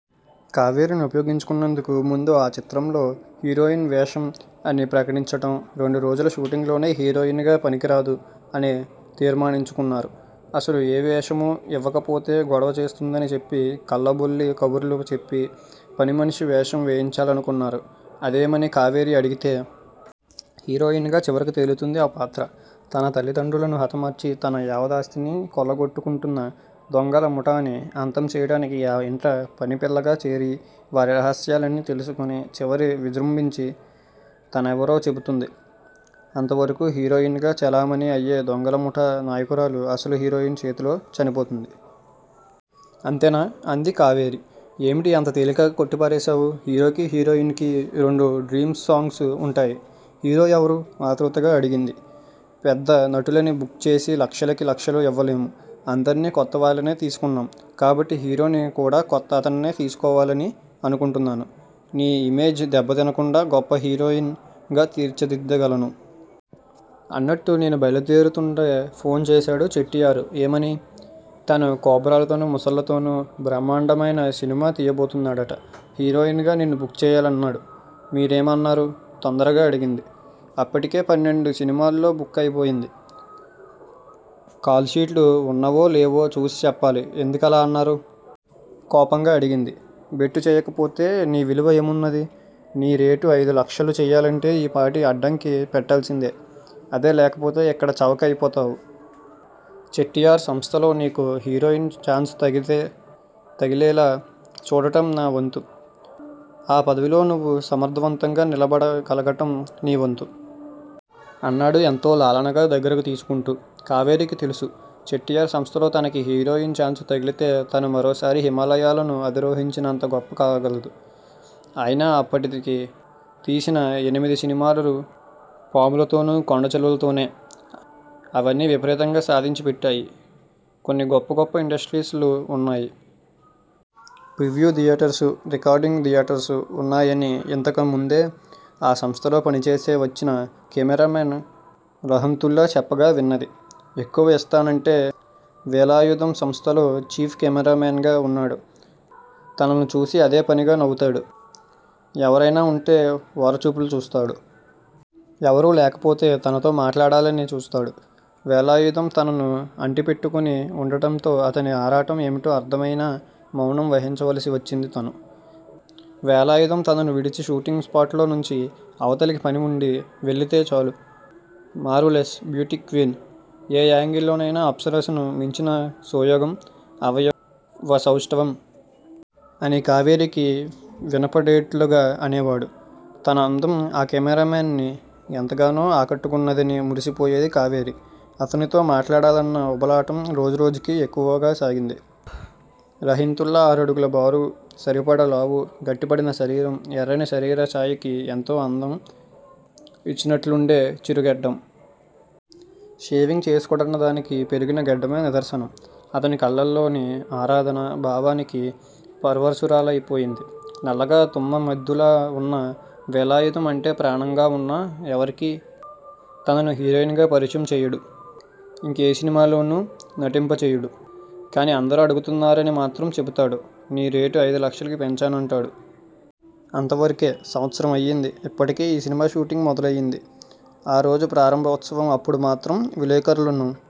కావేరీని ఉపయోగించుకున్నందుకు ముందు ఆ చిత్రంలో హీరోయిన్ వేషం అని ప్రకటించటం, రెండు రోజుల షూటింగ్ లోనే హీరోయిన్ గా పనికిరాదు, అని తీర్మానించుకున్నారు. అసలు ఏ వేషమూ యివ్వకపోతే గొడవ చేస్తుందని చెప్పి కల్లబొల్లి కబుర్లు చెప్పి పనిమనిషి వేషం వేయించాలనుకున్నారు. అదేమని కావేరీ అడిగితే? హీరోయిన్ గా చివరికి తేలుతుంది ఆ పాత్ర! తనతల్లి తండ్రులను హతమార్చి తన యావదాస్తినీ కొల్లగొట్టుకుంటున్న దొంగల ముఠాని అంతం చేయటానికి ఆ ఇంట్ల పనిపిల్లగా చేరి వారి రహస్యాలన్నీ తెలుసుకుని చివరి విజ్రుంభించి తనెవరో చెబుతుంది! అంతవరకూ హీరోయిన్ గా చెలామణి అయ్యే దొంగలముఠా నాయకురాలు అసలు హీరోయిన్ చేతిలో చనిపోతుంది! అంతేనా? అంది కావేరి! ఏమిటి అంత తేలికగా కొట్టి పారవేశావు? హీరోకి హీరోయిన్ కి రెండు డ్రీమ్సు సాంగ్సు వుంటాయి. హీరో ఎవరూ? ఆత్రుతగా అడిగింది. పెద్ద నటులని బుక్ చేసి లక్షలకి లక్షలు యివ్వలేము! అందరినీ కొత్తవాళ్ళనే తీసుకున్నాం కాబట్టి హీరోని కూడా కొత్త అతన్నే తీసుకోవాలని అనుకుంటున్నాను నీ ఇమేజ్ దెబ్బతినకుండా గొప్ప హీరోయిన్ గా తీర్చిదిద్దగలను. అన్నట్టు నేను బయలుదేరుతుంటే ఫోన్ చేశాడు చెట్టియారు ఏమని? తను కోబ్రాలతోను మొసళ్ళతోనూ బ్రహ్మాండమయిన సినిమా తీయబోతున్నాడట! హీరోయిన్ గా నిన్ను బుక్ చేయాలన్నాడు? మీరేమి అన్నారు? తొందరగా అడిగింది. అప్పటికే పన్నెండు సినిమాల్లో బుక్ అయిపోయింది. కాల్షీటులు వున్నవో? లేవో చూసి చెప్పాలి! ఎందుకలా అన్నారు? కోపంగా అడిగింది. బెట్టుచేయకపోతే నీవిలువ ఏమున్నది? నీరేటు అయిదు లక్షలు చేయాలంటే ఈపాటి అడ్డంకి పెట్టాల్సిందే? అదే లేకపోతే ఇక్కడ చవక అయిపోతావు! చెట్టియార్ సంస్థలో నీకు హీరోయిన్ ఛాన్సు తగిలితే తగిలేలా చూడటం నా వంతు! ఆ పదవిలో నువ్వు సమర్ధవంతంగా నిలబడ గలగటం నీ వంతు! అన్నాడు ఎంతో లాలనగా దగ్గరకు తీసుకుంటూ! కావేరీకి తెలుసు! చెట్టియార్ సంస్థలో తనకి హీరోయిన్ ఛాన్సు తగిలితే తను మరోసారి హిమాలయాలను అధిరోహించినంత గొప్ప కాగలదు! ఆయన అప్పటికి తీసిన ఎనిమిది సినిమాలూ పాములతోనూ కొండ చిలువలతోనే! అవన్నీ విపరీతంగా సాదించి పెట్టాయి. కొన్ని గొప్ప గొప్ప ఇండస్ట్రీస్ లు వున్నాయి. ప్రివ్యు థియేటర్సు, రికార్డింగ్ థియేటర్సు వున్నాయని యింతకుముందే ఆ సంస్థలో పనిచేసే వచ్చిన కెమెరా మెన్ రహంతుళ్ళా చెప్పగా విన్నది. ఎక్కువ ఇస్తానంటే వేలాయుధం సంస్థలో చీఫ్ కెమెరామెన్ గా వున్నాడు. తనను చూసి అదే పనిగా నవ్వుతాడు. ఎవరయినా వుంటే ఓర చూపులు చూస్తాడు. ఎవరూ లేకపోతే తనతో మాట్లాడాలని చూస్తాడు. వేలాయుధం తనను అంటిపెట్టుకుని వుండటంతో అతని ఆరాటం ఏమిటో అర్ధం అయినా మౌనం వహించవలసి వచ్చింది తను! వేలాయుధం తనను విడిచి షూటింగ్ స్పాట్ లో నుంచి అవతలికి పని వుండి వెళ్ళితే చాలు! మార్వలెస్! బ్యూటీక్వీన్? ఏ యాంగిల్ లోనయినా అప్సరసను మించిన సోయగం, అవయవ సౌష్టవం! అని కావేరీకి వినపడేట్లుగా అనేవాడు. తన అందం ఆ కెమెరామెన్ ని ఎంతగానో ఆ కట్టుకున్నదని మురిసిపోయేది కావేరి! అతనితో మాట్లాడాలన్న ఉబలాటం రోజురోజుకీ ఎక్కువగాసాగింది. రహింతుల్లా ఆరడుగుల బారు, సరిపడ లావు, గట్టిపడిన శరీరం, ఎర్రని శరీర చాయకి ఎంతో అందం యిచ్చినట్లుండే చిరుగడ్డం. షేవింగ్ చేసుకోడన్న దానికి పెరిగిన గడ్డమే నిదర్శనం! అతని కళ్ళల్లోని ఆరాధనా భావానికి పరవశురాలయి పోయింది. నల్లగా తుమ్మ మొద్దులా వున్న వేలాయుధం అంటే ప్రాణంగావున్నా ఎవరికీ తనను హీరోయిన్ గా పరిచయం చేయడు. యింకే సినిమాలోనూ నటింపచేయడు. కాని అందరూ అడుగుతున్నారని మాత్రం చెబుతాడు నీ రేటు అయిదు లక్షలకి పెంచానంటాడు. అంతవరకే! సంవత్సరం అయింది. యిప్పటికి ఈ సినిమా షూటింగు మొదలయింది. ఆరోజు ప్రారంభోత్సవం అప్పుడు మాత్రం విలేఖరులను